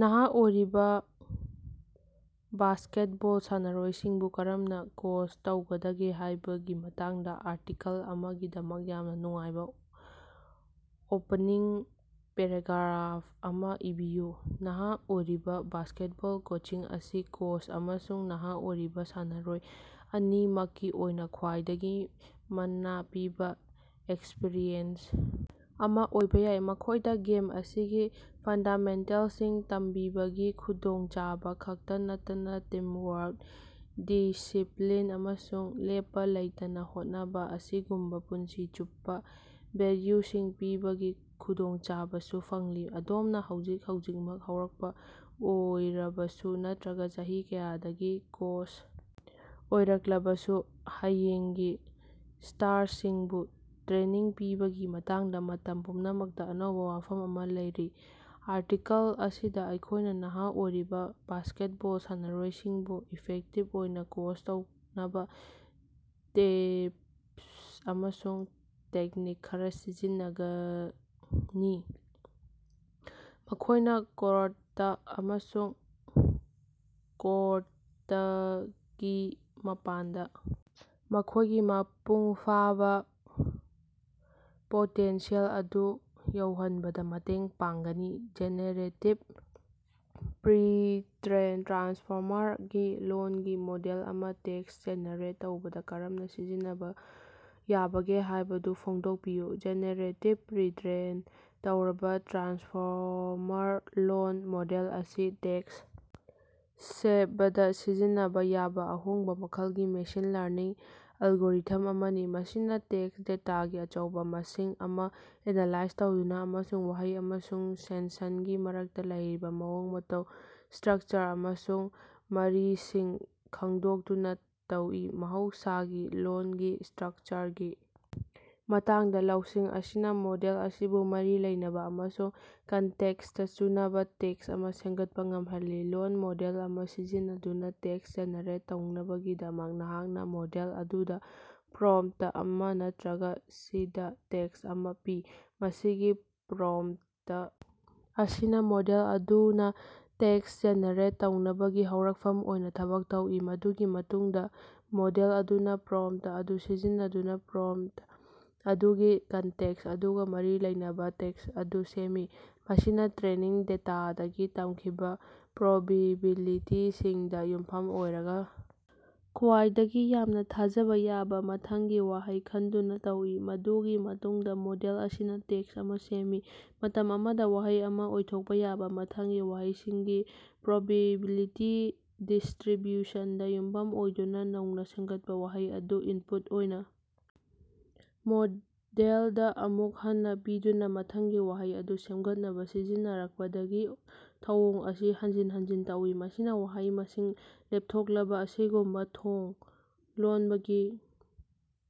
ꯅꯍꯥ ꯑꯣꯏꯔꯤꯕ ꯕꯥꯁ꯭ꯀꯦꯠꯕꯣꯜ ꯁꯥꯟꯅꯔꯣꯏꯁꯤꯡꯕꯨ ꯀꯔꯝꯅ ꯀꯣꯆ ꯇꯧꯒꯗꯒꯦ ꯍꯥꯏꯕꯒꯤ ꯃꯇꯥꯡꯗ ꯑꯥꯔꯇꯤꯀꯜ ꯑꯃꯒꯤꯗꯃꯛ ꯌꯥꯝꯅ ꯅꯨꯡꯉꯥꯏꯕ ꯑꯣꯄꯅꯤꯡ ꯄꯦꯔꯥꯒ꯭ꯔꯥꯐ ꯑꯃ ꯏꯕꯤꯌꯨ꯫ ꯅꯍ ꯑꯣꯏꯔꯤꯕ ꯕꯥꯁ꯭ꯀꯦꯠꯕꯣꯜ ꯀꯣꯆꯤꯡ ꯑꯁꯤ ꯀꯣꯆ ꯑꯃꯁꯨꯡ ꯅꯍꯥ ꯑꯣꯏꯔꯤꯕ ꯁꯥꯟꯅꯔꯣꯏ ꯑꯅꯤꯃꯛꯀꯤ ꯑꯣꯏꯅ ꯈ꯭ꯋꯥꯏꯗꯒꯤ ꯃꯅ ꯄꯤꯕ ꯑꯦꯛꯁꯄꯔꯤꯌꯦꯟꯁ ꯑꯃ ꯑꯣꯏꯕ ꯌꯥꯏ꯫ ꯃꯈꯣꯏꯗ ꯒꯦꯝ ꯑꯁꯤꯒꯤ ꯐꯟꯗꯥꯃꯦꯟꯇꯦꯜꯁꯤꯡ ꯇꯝꯕꯤꯕꯒꯤ ꯈꯨꯗꯣꯡꯆꯥꯕ ꯈꯛꯇ ꯅꯠꯇꯅ ꯇꯤꯝꯋꯥꯔꯛ, ꯗꯤꯁꯤꯄ꯭ꯂꯤꯟ, ꯑꯃꯁꯨꯡ ꯂꯦꯞꯄ ꯂꯩꯇꯅ ꯍꯣꯠꯅꯕ ꯑꯁꯤꯒꯨꯝꯕ ꯄꯨꯟꯁꯤ ꯆꯨꯞꯄ ꯚꯦꯂ꯭ꯌꯨꯁꯤꯡ ꯄꯤꯕꯒꯤ ꯈꯨꯗꯣꯡꯆꯥꯕꯁꯨ ꯐꯪꯂꯤ꯫ ꯑꯗꯣꯝꯅ ꯍꯧꯖꯤꯛ ꯍꯧꯖꯤꯛꯃꯛ ꯍꯧꯔꯛꯄ ꯑꯣꯏꯔꯕꯁꯨ ꯅꯠꯇ꯭ꯔꯒ ꯆꯍꯤ ꯀꯌꯥꯗꯒꯤ ꯀꯣꯆ ꯑꯣꯏꯔꯛꯂꯕꯁꯨ, ꯍꯌꯦꯡꯒꯤ ꯁ꯭ꯇꯥꯔꯁꯤꯡꯕꯨ ꯇ꯭ꯔꯦꯅꯤꯡ ꯄꯤꯕꯒꯤ ꯃꯇꯥꯡꯗꯥ ꯃꯇꯝ ꯄꯨꯝꯅꯃꯛꯇ ꯑꯅꯧꯕ ꯋꯥꯐꯝ ꯑꯃ ꯂꯩꯔꯤ꯫ ꯑꯥꯔꯇꯤꯀꯜ ꯑꯁꯤꯗꯥ ꯑꯩꯈꯣꯏꯅ ꯅꯍ ꯑꯣꯏꯔꯤꯕ ꯕꯥꯁ꯭ꯀꯦꯠꯕꯣꯜ ꯁꯥꯟꯅꯔꯣꯏꯁꯤꯡꯕꯨ ꯏꯐꯦꯛꯇꯤꯕ ꯑꯣꯏꯅ ꯀꯣꯆ ꯇꯧꯅꯕ ꯇꯤꯞꯁ ꯑꯃꯁꯨꯡ ꯇꯦꯛꯅꯤꯛ ꯈꯔ ꯊꯤꯖꯤꯟꯒꯅꯤ, ꯃꯈꯣꯏꯅ ꯀꯣꯔꯠꯇꯥ ꯑꯃꯁꯨꯡ ꯀꯣꯔꯇꯀꯤ ꯃꯄꯥꯟꯗ ꯃꯈꯣꯏꯒꯤ ꯃꯄꯨꯡ ꯐꯥꯕ ꯄꯣꯇꯦꯟꯁꯤꯌꯦꯜ ꯑꯗꯨ ꯌꯧꯍꯟꯕꯗ ꯃꯇꯦꯡ ꯄꯥꯡꯒꯅꯤ꯫ ꯖꯦꯅꯦꯔꯦꯇꯤꯕ ꯄ꯭ꯔꯤ ꯇ꯭ꯔꯦꯟ ꯇ꯭ꯔꯥꯟꯁꯐꯣꯔꯃꯔ ꯒꯤ ꯂꯣꯜꯒꯤ ꯃꯣꯗꯦꯜ ꯑꯃ ꯇꯦꯛꯁ ꯖꯦꯅꯦꯔꯦꯠ ꯇꯧꯕꯗ ꯀꯔꯝꯅ ꯁꯤꯖꯤꯟꯅꯕ ꯌꯥꯕꯒꯦ ꯍꯥꯏꯕꯗꯨ ꯐꯣꯡꯗꯣꯛꯄꯤꯌꯨ꯫ ꯖꯦꯅꯦꯔꯦꯇꯤꯕ ꯄ꯭ꯔꯤ ꯇ꯭ꯔꯦꯟ ꯇꯧꯔꯕ ꯇ꯭ꯔꯥꯟꯁꯐꯣꯔꯃꯔ ꯂꯣꯜ ꯃꯣꯗꯦꯜ ꯑꯁꯤ ꯇꯦꯛꯁ ꯁꯦꯝꯕꯗ ꯁꯤꯖꯤꯟꯅꯕ ꯌꯥꯕ ꯑꯍꯣꯡꯕ ꯃꯈꯜꯒꯤ ꯃꯦꯁꯤꯟ ꯂꯔꯅꯤꯡ ꯑꯦꯜꯒꯣꯔꯤꯊꯝ ꯑꯃꯅꯤ꯫ ꯃꯁꯤꯅ ꯇꯦꯛꯁ ꯗꯦꯇꯥꯒꯤ ꯑꯆꯧꯕ ꯃꯁꯤꯡ ꯑꯃ ꯑꯦꯅꯥꯂꯥꯏꯖ ꯇꯧꯗꯨꯅ ꯑꯃꯁꯨꯡ ꯋꯥꯍꯩ ꯑꯃꯁꯨꯡ ꯁꯦꯟꯁꯟꯒꯤ ꯃꯔꯛꯇ ꯂꯩꯔꯤꯕ ꯃꯑꯣꯡ ꯃꯇꯧ, ꯁꯇ꯭ꯔꯛꯆꯔ ꯑꯃꯁꯨꯡ ꯃꯔꯤꯁꯤꯡ ꯈꯪꯗꯣꯛꯇꯨꯅ ꯇꯧꯏ꯫ ꯃꯍꯧꯁꯥꯒꯤ ꯂꯣꯜꯒꯤ ꯁꯇ꯭ꯔꯛꯆꯔꯒꯤ ꯃꯇꯥꯡꯗ ꯂꯧꯁꯤꯡ ꯑꯁꯤꯅ ꯃꯣꯗꯦꯜ ꯑꯁꯤꯕꯨ ꯃꯔꯤ ꯂꯩꯅꯕ ꯑꯃꯁꯨꯡ ꯀꯟꯇꯦꯛꯁꯇ ꯆꯨꯅꯕ ꯇꯦꯛꯁ ꯑꯃ ꯁꯦꯝꯒꯠꯄꯥ ꯉꯝꯍꯜꯂꯤ꯫ ꯂꯣꯜ ꯃꯣꯗꯦꯜ ꯑꯃ ꯁꯤꯖꯤꯟꯅꯗꯨꯅ ꯇꯦꯛꯁ ꯖꯦꯅꯦꯔꯦꯠ ꯇꯧꯅꯕꯒꯤꯗꯃꯛ, ꯅꯍꯥꯛꯅ ꯃꯣꯗꯦꯜ ꯑꯗꯨꯗ ꯄ꯭ꯔꯣꯝꯇ ꯑꯃ ꯅꯠꯇꯔꯒ ꯁꯤꯗ ꯇꯦꯛꯁ ꯑꯃ ꯄꯤ꯫ ꯃꯁꯤꯒꯤ ꯄ꯭ꯔꯣꯝꯇ ꯑꯁꯤꯅ ꯃꯣꯗꯦꯜ ꯑꯗꯨꯅ ꯇꯦꯛꯁ ꯖꯦꯅꯦꯔꯦꯠ ꯇꯧꯅꯕꯒꯤ ꯍꯧꯔꯛꯐꯝ ꯑꯣꯏꯅ ꯊꯕꯛ ꯇꯧꯏ꯫ ꯃꯗꯨꯒꯤ ꯃꯇꯨꯡꯗ ꯃꯣꯗꯦꯜ ꯑꯗꯨꯅ ꯄ꯭ꯔꯣꯝꯇ ꯑꯗꯨ ꯁꯤꯖꯤꯟꯅꯗꯨꯅ ꯄ꯭ꯔꯣꯝꯇ ꯑꯗꯨꯒꯤ ꯀꯟꯇꯦꯛꯁ ꯑꯗꯨꯒ ꯃꯔꯤ ꯂꯩꯅꯕ ꯇꯦꯛꯁꯠ ꯑꯗꯨ ꯁꯦꯝꯃꯤ꯫ ꯃꯁꯤꯅ ꯇ꯭ꯔꯦꯅꯤꯡ ꯗꯦꯇꯥꯗꯒꯤ ꯇꯝꯈꯤꯕ ꯄ꯭ꯔꯣꯕꯤꯕꯤꯂꯤꯇꯤꯁꯤꯡꯗ ꯌꯨꯝꯐꯝ ꯑꯣꯏꯔꯒ ꯈ꯭ꯋꯥꯏꯗꯒꯤ ꯌꯥꯝꯅ ꯊꯥꯖꯕ ꯌꯥꯕ ꯃꯊꯪꯒꯤ ꯋꯥꯍꯩ ꯈꯟꯗꯨꯅ ꯇꯧꯏ꯫ ꯃꯗꯨꯒꯤ ꯃꯇꯨꯡꯗ ꯃꯣꯗꯦꯜ ꯑꯁꯤꯅ ꯇꯦꯛꯁ ꯑꯃ ꯁꯦꯝꯃꯤ, ꯃꯇꯝ ꯑꯃꯗ ꯋꯥꯍꯩ ꯑꯃ ꯑꯣꯏꯊꯣꯛꯄ ꯌꯥꯕ ꯃꯊꯪꯒꯤ ꯋꯥꯍꯩꯁꯤꯡꯒꯤ ꯄ꯭ꯔꯣꯕꯤꯕꯤꯂꯤꯇꯤ ꯗꯤꯁꯇ꯭ꯔꯤꯕ꯭ꯌꯨꯁꯟꯗ ꯌꯨꯝꯐꯝ ꯑꯣꯏꯗꯨꯅ꯫ ꯅꯧꯅ ꯁꯦꯝꯒꯠꯄ ꯋꯥꯍꯩ ꯑꯗꯨ ꯏꯟꯄꯨꯠ ꯑꯣꯏꯅ ꯃꯣꯗꯦꯜꯗ ꯑꯃꯨꯛ ꯍꯟꯅ ꯄꯤꯗꯨꯅ ꯃꯊꯪꯒꯤ ꯋꯥꯍꯩ ꯑꯗꯨ ꯁꯦꯝꯒꯠꯅꯕ ꯁꯤꯖꯤꯟꯅꯔꯛꯄꯗꯒꯤ ꯊꯧꯑꯣꯡ ꯑꯁꯤ ꯍꯟꯖꯤꯟ ꯍꯟꯖꯤꯟ ꯇꯧꯏ, ꯃꯁꯤꯅ ꯋꯥꯍꯩ ꯃꯁꯤꯡ ꯂꯦꯞꯊꯣꯛꯂꯕ ꯑꯁꯤꯒꯨꯝꯕ ꯊꯣꯡ ꯂꯣꯟꯕꯒꯤ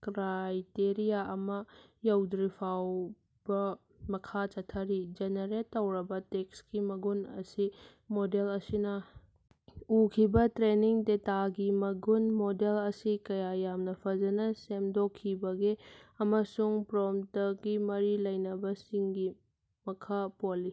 ꯀ꯭ꯔꯥꯏꯇꯦꯔꯤꯌꯥ ꯑꯃ ꯌꯧꯗ꯭ꯔꯤꯐꯥꯎꯕꯥꫪ ꯃꯈꯥ ꯆꯠꯊꯔꯤ꯫ ꯖꯦꯅꯦꯔꯦꯠ ꯇꯧꯔꯕ ꯇꯦꯛꯁꯀꯤ ꯃꯒꯨꯟ ꯑꯁꯤ ꯃꯣꯗꯦꯜ ꯑꯁꯤꯅ ꯎꯈꯤꯕ ꯇ꯭ꯔꯦꯅꯤꯡ ꯗꯦꯇꯥꯒꯤ ꯃꯒꯨꯟ, ꯃꯣꯗꯦꯜ ꯑꯁꯤ ꯀꯌꯥ ꯌꯥꯝꯅ ꯐꯖꯅ ꯁꯦꯝꯗꯣꯛꯈꯤꯕꯒꯦ ꯑꯃꯁꯨꯡ ꯄ꯭ꯔꯣꯝꯇꯀꯤ ꯃꯔꯤ ꯂꯩꯅꯕꯁꯤꯡꯒꯤ ꯃꯈꯥ ꯄꯣꯜꯂꯤ꯫